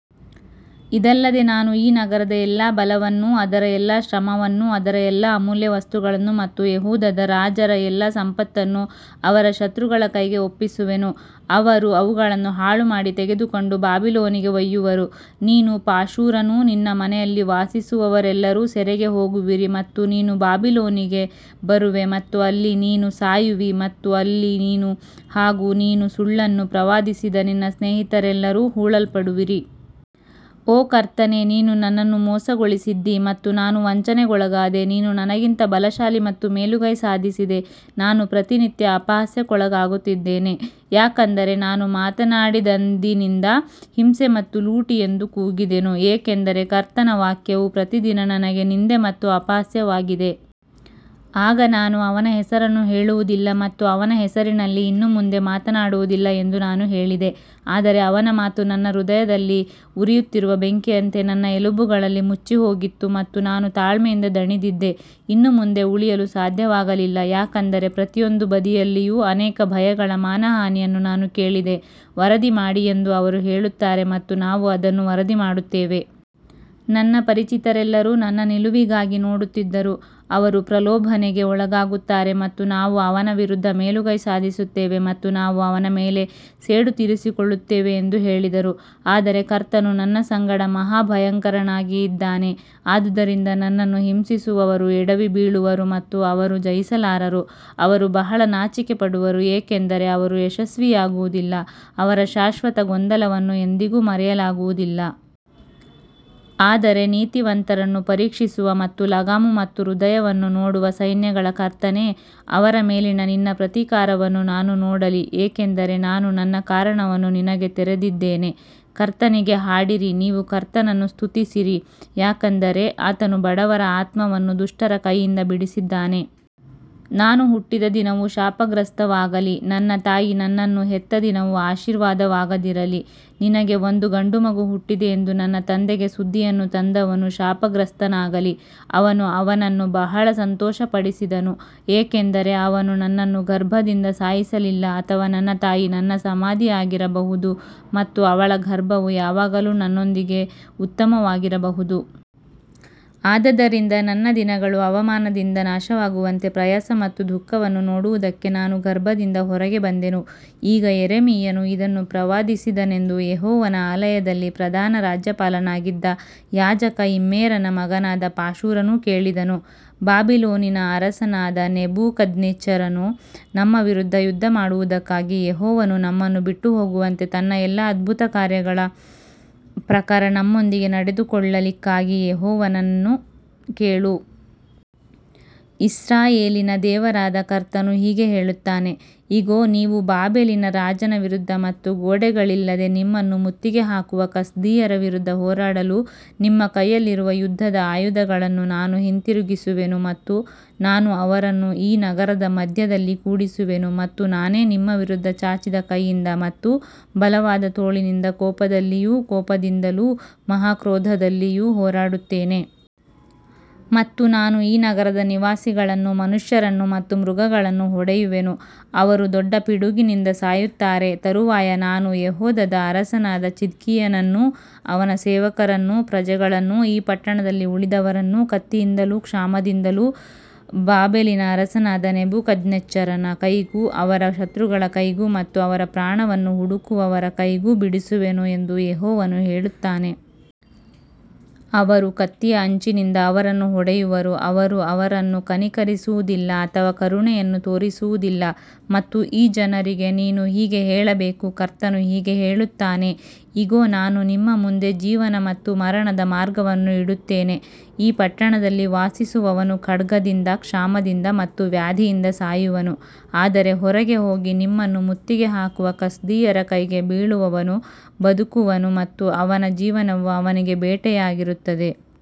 ಇದಲ್ಲದೆ ನಾನು ಈ ನಗರದ ಎಲ್ಲಾ ಬಲವನ್ನೂ ಅದರ ಎಲ್ಲಾ ಶ್ರಮವನ್ನೂ ಅದರ ಎಲ್ಲಾ ಅಮೂಲ್ಯ ವಸ್ತುಗಳನ್ನು ಮತ್ತು ಯೆಹೂದದ ರಾಜರ ಎಲ್ಲಾ ಸಂಪತ್ತನ್ನು ಅವರ ಶತ್ರುಗಳ ಕೈಗೆ ಒಪ್ಪಿಸುವೆನು, ಅವರು ಅವುಗಳನ್ನು ಹಾಳುಮಾಡಿ ತೆಗೆದುಕೊಂಡು ಬಾಬಿಲೋನಿಗೆ ಒಯ್ಯುವರು. ನೀನು ಪಾಶೂರನೂ ನಿನ್ನ ಮನೆಯಲ್ಲಿ ವಾಸಿಸುವವರೆಲ್ಲರೂ ಸೆರೆಗೆ ಹೋಗುವಿರಿ ಮತ್ತು ನೀನು ಬಾಬಿಲೋನಿಗೆ ಬರುವೆ ಮತ್ತು ಅಲ್ಲಿ ನೀನು ಸಾಯುವಿ ಮತ್ತು ಅಲ್ಲಿ ನೀನು ಹಾಗೂ ನೀನು ಸುಳ್ಳನ್ನು ಪ್ರವಾದಿಸಿದ ನಿನ್ನ ಸ್ನೇಹಿತರೆಲ್ಲರೂ ಹೂಳಲ್ಪಡುವಿರಿ. ಓ ಕರ್ತನೇ, ನೀನು ನನ್ನನ್ನು ಮೋಸಗೊಳಿಸಿದ್ದೀ ಮತ್ತು ನಾನು ವಂಚನೆಗೊಳಗಾದೆ, ನೀನು ನನಗಿಂತ ಬಲಶಾಲಿ ಮತ್ತು ಮೇಲುಗೈ ಸಾಧಿಸಿದೆ, ನಾನು ಪ್ರತಿನಿತ್ಯ ಅಪಹಾಸ್ಯಕ್ಕೊಳಗಾಗುತ್ತಿದ್ದೇನೆ. ಯಾಕಂದರೆ ನಾನು ಮಾತನಾಡಿದಂದಿನಿಂದ ಹಿಂಸೆ ಮತ್ತು ಲೂಟಿ ಎಂದು ಕೂಗಿದೆನು, ಏಕೆಂದರೆ ಕರ್ತನ ವಾಕ್ಯವು ಪ್ರತಿದಿನ ನನಗೆ ನಿಂದೆ ಮತ್ತು ಅಪಹಾಸ್ಯವಾಗಿದೆ. ಆಗ ನಾನು ಅವನ ಹೆಸರನ್ನು ಹೇಳುವುದಿಲ್ಲ ಮತ್ತು ಅವನ ಹೆಸರಿನಲ್ಲಿ ಇನ್ನು ಮುಂದೆ ಮಾತನಾಡುವುದಿಲ್ಲ ಎಂದು ನಾನು ಹೇಳಿದೆ, ಆದರೆ ಅವನ ಮಾತು ನನ್ನ ಹೃದಯದಲ್ಲಿ ಉರಿಯುತ್ತಿರುವ ಬೆಂಕಿಯಂತೆ ನನ್ನ ಎಲುಬುಗಳಲ್ಲಿ ಮುಚ್ಚಿಹೋಗಿತ್ತು ಮತ್ತು ನಾನು ತಾಳ್ಮೆಯಿಂದ ದಣಿದಿದ್ದೆ, ಇನ್ನು ಮುಂದೆ ಉಳಿಯಲು ಸಾಧ್ಯವಾಗಲಿಲ್ಲ. ಯಾಕಂದರೆ ಪ್ರತಿಯೊಂದು ಬದಿಯಲ್ಲಿಯೂ ಅನೇಕ ಭಯಗಳ ಮಾನಹಾನಿಯನ್ನು ನಾನು ಕೇಳಿದೆ, ವರದಿ ಮಾಡಿ ಎಂದು ಅವರು ಹೇಳುತ್ತಾರೆ ಮತ್ತು ನಾವು ಅದನ್ನು ವರದಿ ಮಾಡುತ್ತೇವೆ. ನನ್ನ ಪರಿಚಿತರೆಲ್ಲರೂ ನನ್ನ ನಿಲುವಿಗಾಗಿ ನೋಡುತ್ತಿದ್ದರು, ಅವರು ಪ್ರಲೋಭನೆಗೆ ಒಳಗಾಗುತ್ತಾರೆ ಮತ್ತು ನಾವು ಅವನ ವಿರುದ್ಧ ಮೇಲುಗೈ ಸಾಧಿಸುತ್ತೇವೆ ಮತ್ತು ನಾವು ಅವನ ಮೇಲೆ ಸೇಡು ತೀರಿಸಿಕೊಳ್ಳುತ್ತೇವೆ ಎಂದು ಹೇಳಿದರು. ಆದರೆ ಕರ್ತನು ನನ್ನ ಸಂಗಡ ಮಹಾ ಭಯಂಕರನಾಗಿ ಇದ್ದಾನೆ, ಆದುದರಿಂದ ನನ್ನನ್ನು ಹಿಂಸಿಸುವವರು ಎಡವಿ ಬೀಳುವರು ಮತ್ತು ಅವರು ಜಯಿಸಲಾರರು, ಅವರು ಬಹಳ ನಾಚಿಕೆಪಡುವರು, ಏಕೆಂದರೆ ಅವರು ಯಶಸ್ವಿಯಾಗುವುದಿಲ್ಲ, ಅವರ ಶಾಶ್ವತ ಗೊಂದಲವನ್ನು ಎಂದಿಗೂ ಮರೆಯಲಾಗುವುದಿಲ್ಲ. ಆದರೆ ನೀತಿವಂತರನ್ನು ಪರೀಕ್ಷಿಸುವ ಮತ್ತು ಲಗಾಮು ಮತ್ತು ಹೃದಯವನ್ನು ನೋಡುವ ಸೈನ್ಯಗಳ ಕರ್ತನೇ, ಅವರ ಮೇಲಿನ ನಿನ್ನ ಪ್ರತೀಕಾರವನ್ನು ನಾನು ನೋಡಲಿ, ಏಕೆಂದರೆ ನಾನು ನನ್ನ ಕಾರಣವನ್ನು ನಿನಗೆ ತೆರೆದಿದ್ದೇನೆ. ಕರ್ತನಿಗೆ ಹಾಡಿರಿ, ನೀವು ಕರ್ತನನ್ನು ಸ್ತುತಿಸಿರಿ, ಯಾಕಂದರೆ ಆತನು ಬಡವರ ಆತ್ಮವನ್ನು ದುಷ್ಟರ ಕೈಯಿಂದ ಬಿಡಿಸಿದ್ದಾನೆ. ನಾನು ಹುಟ್ಟಿದ ದಿನವು ಶಾಪಗ್ರಸ್ತವಾಗಲಿ, ನನ್ನ ತಾಯಿ ನನ್ನನ್ನು ಹೆತ್ತ ದಿನವು ಆಶೀರ್ವಾದವಾಗದಿರಲಿ. ನಿನಗೆ ಒಂದು ಗಂಡುಮಗು ಹುಟ್ಟಿದೆ ಎಂದು ನನ್ನ ತಂದೆಗೆ ಸುದ್ದಿಯನ್ನು ತಂದವನು ಶಾಪಗ್ರಸ್ತನಾಗಲಿ, ಅವನು ಅವನನ್ನು ಬಹಳ ಸಂತೋಷಪಡಿಸಿದನು. ಏಕೆಂದರೆ ಅವನು ನನ್ನನ್ನು ಗರ್ಭದಿಂದ ಸಾಯಿಸಲಿಲ್ಲ ಅಥವಾ ನನ್ನ ತಾಯಿ ನನ್ನ ಸಮಾಧಿಯಾಗಿರಬಹುದು ಮತ್ತು ಅವಳ ಗರ್ಭವು ಯಾವಾಗಲೂ ನನ್ನೊಂದಿಗೆ ಉತ್ತಮವಾಗಿರಬಹುದು. ಆದದರಿಂದ ನನ್ನ ದಿನಗಳು ಅವಮಾನದಿಂದ ನಾಶವಾಗುವಂತೆ ಪ್ರಯಾಸ ಮತ್ತು ದುಃಖವನ್ನು ನೋಡುವುದಕ್ಕೆ ನಾನು ಗರ್ಭದಿಂದ ಹೊರಗೆ ಬಂದೆನು. ಈಗ ಯೆರೆಮೀಯನು ಇದನ್ನು ಪ್ರವಾದಿಸಿದನೆಂದು ಯೆಹೋವನ ಆಲಯದಲ್ಲಿ ಪ್ರಧಾನ ರಾಜ್ಯಪಾಲನಾಗಿದ್ದ ಯಾಜಕ ಇಮ್ಮೇರನ ಮಗನಾದ ಪಾಶೂರನು ಕೇಳಿದನು. ಬಾಬಿಲೋನಿನ ಅರಸನಾದ ನೆಬೂಕದ್ನೆಚ್ಚರನು ನಮ್ಮ ವಿರುದ್ಧ ಯುದ್ಧಮಾಡುವದಕ್ಕಾಗಿ ಯೆಹೋವನು ನಮ್ಮನ್ನು ಬಿಟ್ಟುಹೋಗುವಂತೆ ತನ್ನ ಎಲ್ಲಾ ಅದ್ಭುತಕಾರ್ಯಗಳ ಪ್ರಕಾರ ನಮ್ಮೊಂದಿಗೆ ನಡೆದುಕೊಳ್ಳಲಿಕ್ಕಾಗಿ ಯೆಹೋವನನ್ನು ಕೇಳು. ಇಸ್ರಾಯೇಲಿನ ದೇವರಾದ ಕರ್ತನು ಹೀಗೆ ಹೇಳುತ್ತಾನೆ, ಇಗೋ, ನೀವು ಬಾಬೆಲಿನ ರಾಜನ ವಿರುದ್ಧ ಮತ್ತು ಗೋಡೆಗಳಿಲ್ಲದೆ ನಿಮ್ಮನ್ನು ಮುತ್ತಿಗೆ ಹಾಕುವ ಕಸ್ದೀಯರ ವಿರುದ್ಧ ಹೋರಾಡಲು ನಿಮ್ಮ ಕೈಯಲ್ಲಿರುವ ಯುದ್ಧದ ಆಯುಧಗಳನ್ನು ನಾನು ಹಿಂತಿರುಗಿಸುವೆನು ಮತ್ತು ನಾನು ಅವರನ್ನು ಈ ನಗರದ ಮಧ್ಯದಲ್ಲಿ ಕೂಡಿಸುವೆನು. ಮತ್ತು ನಾನೇ ನಿಮ್ಮ ವಿರುದ್ಧ ಚಾಚಿದ ಕೈಯಿಂದ ಮತ್ತು ಬಲವಾದ ತೋಳಿನಿಂದ ಕೋಪದಲ್ಲಿಯೂ ಕೋಪದಿಂದಲೂ ಮಹಾಕ್ರೋಧದಲ್ಲಿಯೂ ಹೋರಾಡುತ್ತೇನೆ. ಮತ್ತು ನಾನು ಈ ನಗರದ ನಿವಾಸಿಗಳನ್ನು, ಮನುಷ್ಯರನ್ನು ಮತ್ತು ಮೃಗಗಳನ್ನು ಹೊಡೆಯುವೆನು, ಅವರು ದೊಡ್ಡ ಪಿಡುಗಿನಿಂದ ಸಾಯುತ್ತಾರೆ. ತರುವಾಯ ನಾನು ಯೆಹೂದದ ಅರಸನಾದ ಚಿದ್ಕೀಯನನ್ನೂ ಅವನ ಸೇವಕರನ್ನೂ ಪ್ರಜೆಗಳನ್ನೂ ಈ ಪಟ್ಟಣದಲ್ಲಿ ಉಳಿದವರನ್ನೂ ಕತ್ತಿಯಿಂದಲೂ ಕ್ಷಾಮದಿಂದಲೂ ಬಾಬೆಲಿನ ಅರಸನಾದ ನೆಬೂಕದ್ನೆಚ್ಚರನ ಕೈಗೂ ಅವರ ಶತ್ರುಗಳ ಕೈಗೂ ಮತ್ತು ಅವರ ಪ್ರಾಣವನ್ನು ಹುಡುಕುವವರ ಕೈಗೂ ಬಿಡಿಸುವೆನು ಎಂದು ಯೆಹೋವನು ಹೇಳುತ್ತಾನೆ. ಅವರು ಕತ್ತಿಯ ಅಂಚಿನಿಂದ ಅವರನ್ನು ಹೊಡೆಯುವರು, ಅವರು ಅವರನ್ನು ಕನಿಕರಿಸುವುದಿಲ್ಲ ಅಥವಾ ಕರುಣೆಯನ್ನು ತೋರಿಸುವುದಿಲ್ಲ. ಮತ್ತು ಈ ಜನರಿಗೆ ನೀನು ಹೀಗೆ ಹೇಳಬೇಕು, ಕರ್ತನು ಹೀಗೆ ಹೇಳುತ್ತಾನೆ, ಇಗೋ, ನಾನು ನಿಮ್ಮ ಮುಂದೆ ಜೀವನ ಮತ್ತು ಮರಣದ ಮಾರ್ಗವನ್ನು ಇಡುತ್ತೇನೆ. ಈ ಪಟ್ಟಣದಲ್ಲಿ ವಾಸಿಸುವವನು ಖಡ್ಗದಿಂದ, ಕ್ಷಾಮದಿಂದ ಮತ್ತು ವ್ಯಾಧಿಯಿಂದ ಸಾಯುವನು, ಆದರೆ ಹೊರಗೆ ಹೋಗಿ ನಿಮ್ಮನ್ನು ಮುತ್ತಿಗೆ ಹಾಕುವ ಕಸ್ದೀಯರ ಕೈಗೆ ಬೀಳುವವನು ಬದುಕುವನು ಮತ್ತು ಅವನ ಜೀವನವು ಅವನಿಗೆ ಬೇಟೆಯಾಗಿರುತ್ತದೆ.